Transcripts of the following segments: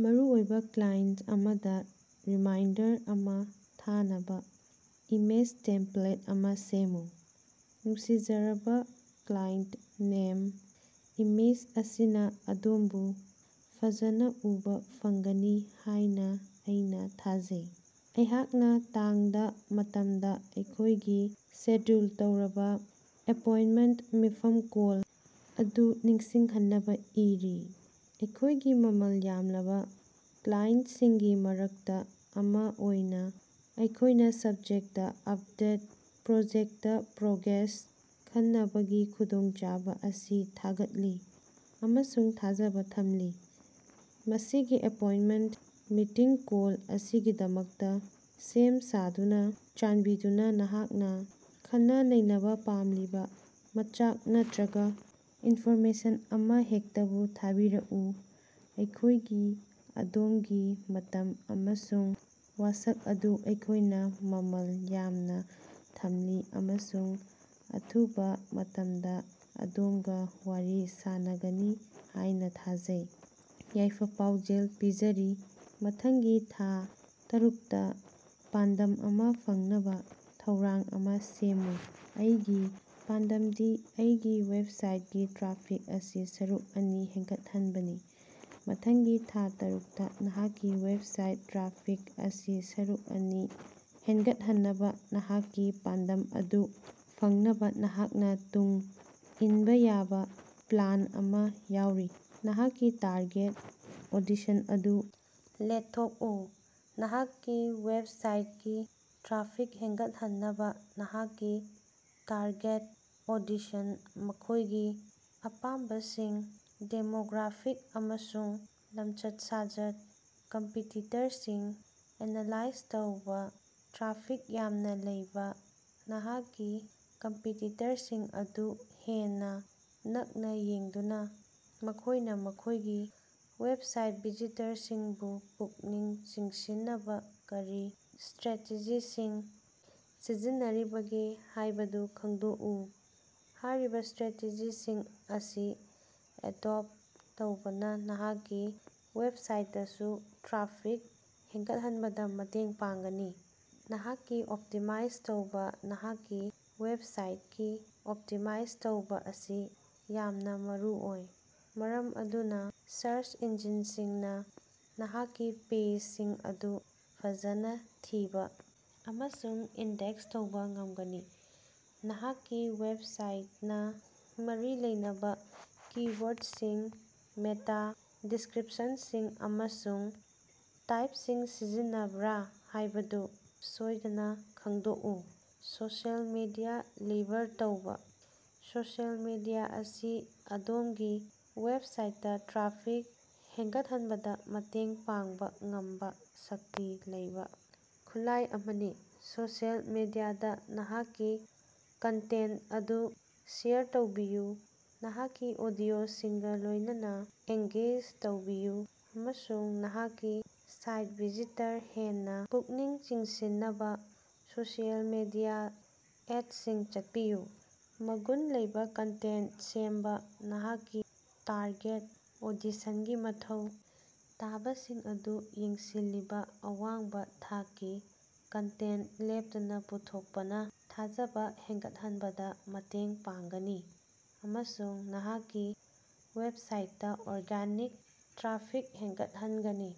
ꯃꯔꯨꯑꯣꯏꯕꯥ ꯀ꯭ꯂꯥꯏꯟꯁ ꯑꯃꯗꯥ ꯔꯤꯃꯥꯏꯟꯗꯔ ꯑꯃꯥ ꯊꯥꯅꯕꯥ ꯏꯃꯦꯖ ꯇꯦꯝꯄ꯭ꯂꯦꯠ ꯑꯃꯥ ꯁꯦꯝꯃꯨ꯫ ꯅꯨꯡꯁꯤꯖꯔꯕꯥ ꯀ꯭ꯂꯥꯏꯟꯁꯇ ꯅꯦꯝ, ꯏꯃꯦꯖ ꯑꯁꯤꯅꯥ ꯑꯗꯣꯝꯕꯨ ꯐꯖꯅꯥ ꯎꯕꯥ ꯐꯪꯒꯅꯤ ꯍꯥꯢꯅꯥ ꯑꯩꯅꯥ ꯊꯥꯖꯩ꯫ ꯑꯩꯍꯥꯛꯅꯥ ꯇꯥꯡ ꯗꯥ ,ꯃꯇꯝ ꯗꯥ ꯑꯩꯈꯣꯢꯒꯤ ꯁꯦꯗ꯭ꯌꯨꯜ ꯇꯧꯔꯕꯥ ꯑꯦꯄꯣꯏꯟꯇꯃꯦꯟꯇ ꯃꯤꯐꯝ ꯀꯣꯜ ꯑꯗꯨ ꯅꯤꯡꯁꯤꯡꯍꯟꯅꯕꯥ ꯏꯔꯤ꯫ ꯑꯩꯈꯣꯢꯒꯤ ꯃꯃꯜ ꯌꯥꯝꯂꯕꯥ ꯀ꯭ꯂꯥꯏꯟꯁꯁꯤꯡꯒꯤ ꯃꯔꯛꯇꯥ ꯑꯃꯥ ꯑꯣꯏꯅꯥ ꯑꯩꯈꯣꯢꯅꯥ ꯁꯕꯖꯦꯛꯇ ꯑꯞꯗꯦꯠ ꯄ꯭ꯔꯣꯖꯦꯛꯇ ꯄ꯭ꯔꯣꯒ꯭ꯔꯦꯁ ꯈꯟꯅꯕꯒꯤ ꯈꯨꯗꯣꯡꯆꯥꯕꯥ ꯑꯁꯤ ꯊꯥꯒꯠꯂꯤ ꯑꯃꯁꯨꯡ ꯊꯥꯖꯕꯥ ꯊꯝꯂꯤ꯫ ꯃꯁꯤꯒꯤ ꯑꯦꯄꯣꯏꯟꯇꯃꯦꯟꯇ/ꯃꯤꯇꯤꯡ ꯀꯣꯜ ꯑꯁꯤꯒꯤꯗꯃꯛꯇꯥ ꯁꯦꯝ-ꯁꯥꯗꯨꯅꯥ, ꯆꯥꯟꯕꯤꯗꯨꯅꯥ ꯅꯍꯥꯛꯅꯥ ꯈꯟꯅꯅꯩꯅꯕꯥ ꯄꯥꯝꯂꯤꯕꯥ ꯃꯆꯥꯛ ꯅꯠꯇ꯭ꯔꯒꯥ ꯏꯟꯐꯣꯔꯃꯦꯁꯟ ꯑꯃꯍꯦꯛꯇꯕꯨ ꯊꯥꯕꯤꯔꯛꯎ꯫ ꯑꯩꯈꯣꯢꯒꯤ ꯑꯗꯣꯝꯒꯤ ꯃꯇꯝ ꯑꯃꯁꯨꯡ ꯋꯥꯁꯛ ꯑꯗꯨ ꯑꯩꯈꯣꯢꯅꯥ ꯃꯃꯜ ꯌꯥꯝꯅꯥ ꯊꯝꯂꯤ ꯑꯃꯁꯨꯡ ꯑꯊꯨꯕꯥ ꯃꯇꯝꯗꯥ ꯑꯗꯣꯝꯒꯥ ꯋꯥꯔꯤ ꯁꯥꯅꯒꯅꯤ ꯍꯥꯢꯅꯥ ꯊꯥꯖꯩ꯫ ꯌꯥꯏꯐ-ꯄꯥꯎꯖꯦꯜ ꯄꯤꯖꯔꯤ ꯃꯊꯪꯒꯤ ꯊꯥ ꯇꯔꯨꯛꯇꯥ ꯄꯥꯟꯗꯝ ꯑꯃꯥ ꯐꯪꯅꯕꯥ ꯊꯧꯔꯥꯡ ꯑꯃꯥ ꯁꯦꯃꯃꯨ꯫ ꯑꯩꯒꯤ ꯄꯥꯟꯗꯝꯗꯤ ꯑꯩꯒꯤ ꯋꯦꯕꯁꯥꯏꯠꯀꯤ ꯇ꯭ꯔꯥꯐꯤꯛ ꯑꯁꯤ ꯁꯔꯨꯛ ꯑꯅꯤ ꯍꯦꯟꯒꯠꯍꯟꯕꯅꯤ꯫ ꯃꯊꯪꯒꯤ ꯊꯥ ꯇꯔꯨꯛꯇꯥ ꯅꯍꯥꯛꯀꯤ ꯋꯦꯕꯁꯥꯏꯠ ꯇ꯭ꯔꯥꯐꯤꯛ ꯑꯁꯤ ꯁꯔꯨꯛ ꯑꯅꯤ ꯍꯦꯟꯒꯠꯍꯟꯅꯕꯥ ꯅꯍꯥꯛꯀꯤ ꯄꯥꯟꯗꯝ ꯑꯗꯨ ꯐꯪꯅꯕꯥ ꯅꯍꯥꯛꯅꯥ ꯇꯨꯡ ꯏꯟꯕꯥ ꯌꯥꯕꯥ ꯄ꯭ꯂꯥꯟ ꯑꯃꯥ ꯌꯥꯎꯔꯤ, ꯅꯍꯥꯛꯀꯤ ꯇꯥꯔꯒꯦꯠ ꯑꯣꯗꯤꯁꯟ ꯑꯗꯨ ꯂꯦꯊꯣꯀꯎ: ꯅꯍꯥꯛꯀꯤ ꯋꯦꯕꯁꯥꯏꯠꯀꯤ ꯇ꯭ꯔꯥꯐꯤꯛ ꯍꯦꯅꯒꯠꯍꯟꯅꯕꯥ, ꯅꯍꯥꯛꯀꯤ ꯇꯥꯔꯒꯦꯠ ꯑꯣꯗꯤꯁꯟ- ꯃꯈꯣꯢꯒꯤ ꯑꯄꯥꯝꯕꯁꯤꯡ, ꯗꯦꯃꯣꯒ꯭ꯔꯥꯐꯤꯛ ꯑꯃꯁꯨꯡ ꯂꯃꯆꯠ-ꯁꯥꯖꯠ꯫ ꯀꯝꯄꯤꯇꯤꯇꯔꯁꯤꯡ ꯑꯦꯅꯥꯂꯥꯏꯖ ꯇꯧꯕꯥ ꯇ꯭ꯔꯥꯐꯤꯛ ꯌꯥꯝꯅꯥ ꯂꯩꯕꯥ ꯅꯍꯥꯛꯀꯤ ꯀꯝꯄꯤꯇꯤꯇꯔꯁꯤꯡ ꯑꯗꯨ ꯍꯦꯟꯅꯥ ꯅꯛꯅꯥ ꯌꯦꯡꯗꯨꯅꯥ ꯃꯈꯣꯢꯅꯥ ꯃꯈꯣꯢꯒꯤ ꯋꯦꯕꯁꯥꯏꯠꯇꯥ ꯚꯤꯖꯤꯇꯔꯁꯤꯡꯕꯨ ꯄꯨꯛꯅꯤꯡ ꯆꯤꯡꯁꯤꯟꯅꯕꯥ ꯀꯔꯤ ꯁꯇ꯭ꯔꯦꯇꯦꯖꯤꯁꯤꯡ ꯁꯤꯖꯤꯟꯅꯔꯤꯕꯒꯦ ꯍꯥꯢꯕꯗꯨ ꯈꯪꯗꯣꯛꯎ꯫ ꯍꯥꯌꯔꯤꯕꯥ ꯁꯇ꯭ꯔꯦꯇꯦꯖꯤꯁꯤꯡ ꯑꯁꯤ ꯑꯦꯗꯣꯞꯇ ꯇꯧꯕꯅꯥ ꯅꯍꯥꯛꯀꯤ ꯋꯦꯕꯁꯥꯏꯇꯗꯁꯨ ꯇ꯭ꯔꯥꯐꯤꯛ ꯍꯦꯡꯒꯠꯍꯟꯕꯗꯥ ꯃꯇꯦꯡ ꯄꯥꯡꯒꯅꯤ꯫ ꯅꯍꯥꯛꯀꯤ ꯑꯣꯞꯇꯤꯃꯥꯏꯖ ꯇꯧꯕꯥ ꯅꯍꯥꯛꯀꯤ ꯋꯦꯕꯁꯥꯏꯇꯀꯤ ꯑꯣꯞꯇꯤꯃꯥꯏꯖ ꯇꯧꯕꯥ ꯑꯁꯤ ꯌꯥꯝꯅꯥ ꯃꯔꯨꯑꯣꯏ ꯃꯔꯝ ꯑꯗꯨꯅꯥ ꯁꯔꯆ ꯏꯟꯖꯤꯟꯁꯤꯡꯅꯥ ꯅꯍꯥꯛꯀꯤ ꯄꯦꯖꯁꯤꯡ ꯑꯗꯨ ꯐꯖꯅꯥ ꯊꯤꯕꯥ ꯑꯃꯁꯨꯡ ꯏꯟꯗꯦꯛꯁ ꯇꯧꯕꯥ ꯉꯃꯒꯅꯤ꯫ ꯅꯍꯥꯛꯀꯤ ꯋꯦꯕꯁꯥꯏꯇꯅꯥ ꯃꯔꯤ ꯂꯩꯅꯕꯥ ꯀꯤ-ꯋꯥꯔꯗꯁꯤꯡ ꯃꯦꯇꯥ ꯗꯤꯁꯀ꯭ꯔꯤꯞꯁꯟꯁꯤꯡ ꯑꯃꯁꯨꯡ ꯇꯥꯏꯞꯁꯤꯡ ꯁꯤꯖꯤꯟꯅꯕ꯭ꯔꯥ ꯍꯥꯢꯕꯗꯨ ꯁꯣꯢꯗꯅꯥ ꯈꯪꯗꯣꯛꯎ꯫ ꯁꯣꯁꯤꯑꯦꯜ ꯃꯤꯗꯤꯌꯥ ꯂꯤꯚꯔ ꯇꯧꯕꯥ: ꯁꯣꯁꯤꯑꯦꯜ ꯃꯤꯗꯤꯌꯥ ꯑꯁꯤ ꯑꯗꯣꯝꯒꯤ ꯋꯦꯕꯁꯥꯏꯠꯇꯥ ꯇ꯭ꯔꯥꯐꯤꯛ ꯍꯦꯟꯒꯠꯍꯟꯕꯗꯥ ꯃꯇꯦꯡ ꯄꯥꯡꯕꯥ ꯉꯝꯕꯥ ꯁꯛꯇꯤ ꯂꯩꯕꯥ ꯈꯨꯠꯂꯥꯢ ꯑꯃꯅꯤ꯫ ꯁꯣꯁꯤꯑꯦꯜ ꯃꯤꯗꯤꯌꯥꯗꯥ ꯅꯍꯥꯛꯀꯤ ꯀꯟꯇꯦꯟꯇ ꯑꯗꯨ ꯁꯦꯌꯔ ꯇꯧꯕꯤꯌꯨ, ꯅꯍꯥꯛꯀꯤ ꯑꯣꯗꯤꯑꯣꯁꯤꯡꯒꯥ ꯂꯣꯢꯅꯅꯥ ꯑꯦꯡꯒꯦꯖ ꯇꯧꯕꯤꯌꯨ ꯑꯃꯁꯨꯡ ꯅꯍꯥꯛꯀꯤ ꯁꯥꯏꯇ ꯚꯤꯖꯤꯇꯔ ꯍꯦꯟꯅꯥ ꯄꯨꯛꯅꯤꯡ ꯆꯤꯡꯁꯤꯟꯅꯕꯥ ꯁꯣꯁꯤꯑꯦꯜ ꯃꯤꯗꯤꯌꯥ ꯑꯦꯗꯁꯤꯡ ꯆꯠꯄꯤꯌꯨ꯫ ꯃꯒꯨꯟ ꯂꯩꯕꯥ ꯀꯟꯇꯦꯟꯇ ꯁꯦꯝꯕꯥ: ꯅꯍꯥꯛꯀꯤ ꯇꯥꯔꯒꯦꯠ ꯑꯣꯗꯤꯁꯟꯒꯤ ꯃꯊꯧ ꯇꯥꯕꯁꯤꯡ ꯑꯗꯨ ꯌꯦꯡꯁꯤꯜꯂꯤꯕꯥ ꯑꯋꯥꯡꯕꯥ ꯊꯥꯛꯀꯤ ꯀꯟꯇꯦꯟꯇ ꯂꯦꯞꯇꯅꯥ ꯄꯨꯊꯣꯀꯄꯅꯥ ꯊꯥꯖꯕꯥ ꯍꯦꯅꯒꯠꯍꯟꯕꯗꯥ ꯃꯇꯦꯡ ꯄꯥꯡꯒꯅꯤ ꯑꯃꯁꯨꯡ ꯅꯍꯥꯛꯀꯤ ꯋꯦꯕꯁꯥꯏꯠꯇꯥ ꯑꯣꯔꯒꯥꯅꯤꯛ ꯇ꯭ꯔꯥꯐꯤꯛ ꯍꯦꯅꯒꯠꯍꯅꯒꯅꯤ꯫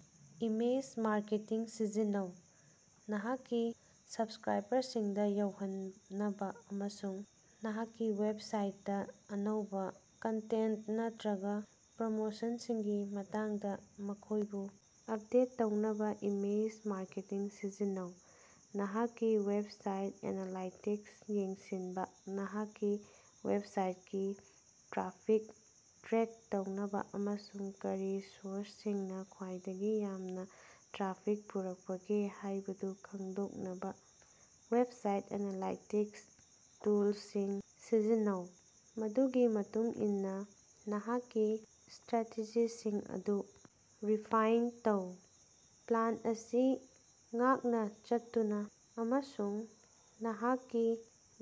ꯏꯃꯦꯜ ꯃꯥꯔꯀꯦꯇꯤꯡ ꯁꯤꯖꯤꯟꯅꯧ: ꯅꯍꯥꯛꯀꯤ ꯁꯕꯁ꯭ꯛꯔꯥꯏꯕꯔꯁꯤꯡꯗꯥ ꯌꯧꯍꯟꯅꯕꯥ ꯑꯃꯁꯨꯡ ꯅꯍꯥꯛꯀꯤ ꯋꯦꯕꯁꯥꯏꯠꯇꯥ ꯑꯅꯧꯕꯥ ꯀꯟꯇꯦꯟꯇ ꯅꯠꯠꯔꯒꯥ ꯄ꯭ꯔꯣꯃꯣꯁꯟꯁꯤꯡꯒꯤ ꯃꯇꯥꯡꯗꯥ ꯃꯈꯣꯢꯕꯨ ꯑꯞꯗꯦꯠ ꯇꯧꯅꯕꯥ ꯏꯃꯦꯖ ꯃꯥꯔꯀꯦꯇꯤꯡ ꯁꯤꯖꯤꯟꯅꯧ꯫ ꯅꯍꯥꯛꯀꯤ ꯋꯦꯕꯁꯥꯏꯠ ꯑꯦꯅꯥꯂꯥꯏꯇꯤꯛꯁ ꯌꯦꯡꯁꯤꯟꯕꯥ: ꯅꯍꯥꯛꯀꯤ ꯋꯦꯕꯁꯥꯏꯠꯀꯤ ꯇ꯭ꯔꯥꯐꯤꯛ ꯇ꯭ꯔꯦꯛ ꯇꯧꯅꯕꯥ ꯑꯃꯁꯨꯡ ꯀꯔꯤ ꯁꯣꯔꯁꯁꯤꯡꯅꯥ ꯈ꯭ꯋꯥꯏꯗꯒꯤ ꯌꯥꯝꯅꯥ ꯇ꯭ꯔꯥꯐꯤꯛ ꯄꯨꯔꯛꯄꯒꯦ ꯍꯥꯢꯕꯗꯨ ꯈꯪꯗꯣꯛꯅꯕꯥ ꯋꯦꯕꯁꯥꯏꯠ ꯑꯦꯅꯥꯂꯥꯏꯇꯤꯛꯁ ꯇꯨꯜꯁꯤꯡ ꯁꯤꯖꯤꯟꯅꯧ꯫ ꯃꯗꯨꯒꯤ ꯃꯇꯨꯡ ꯏꯟꯅꯥ ꯅꯍꯥꯛꯀꯤ ꯁꯇ꯭ꯔꯦꯇꯦꯖꯤꯁꯤꯡ ꯑꯗꯨ ꯔꯤꯐꯥꯏꯟꯅꯥ ꯇꯧ꯫ ꯄ꯭ꯂꯥꯟ ꯑꯁꯤ ꯉꯥꯛꯅꯥ ꯆꯠꯇꯨꯅꯥ ꯑꯃꯁꯨꯡ ꯅꯍꯥꯛꯀꯤ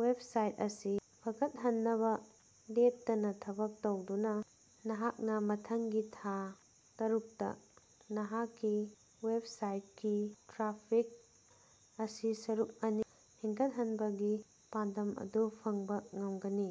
ꯋꯦꯕꯁꯥꯏꯠ ꯑꯁꯤ ꯐꯒꯠꯍꯟꯅꯕꯥ ꯂꯦꯞꯇꯅꯥ ꯊꯕꯛ ꯇꯧꯗꯨꯅꯥ, ꯅꯍꯥꯛꯅꯥ ꯃꯊꯪꯒꯤ ꯊꯥ ꯇꯔꯨꯛꯇꯥ ꯅꯍꯥꯛꯀꯤ ꯋꯦꯕꯁꯥꯏꯠꯀꯤ ꯇ꯭ꯔꯥꯐꯤꯛ ꯑꯁꯤ ꯁꯔꯨꯛ ꯑꯅꯤ ꯍꯦꯟꯒꯠꯍꯟꯕꯒꯤ ꯄꯥꯟꯗꯝ ꯑꯗꯨ ꯐꯪꯕꯥ ꯉꯝꯒꯅꯤ꯫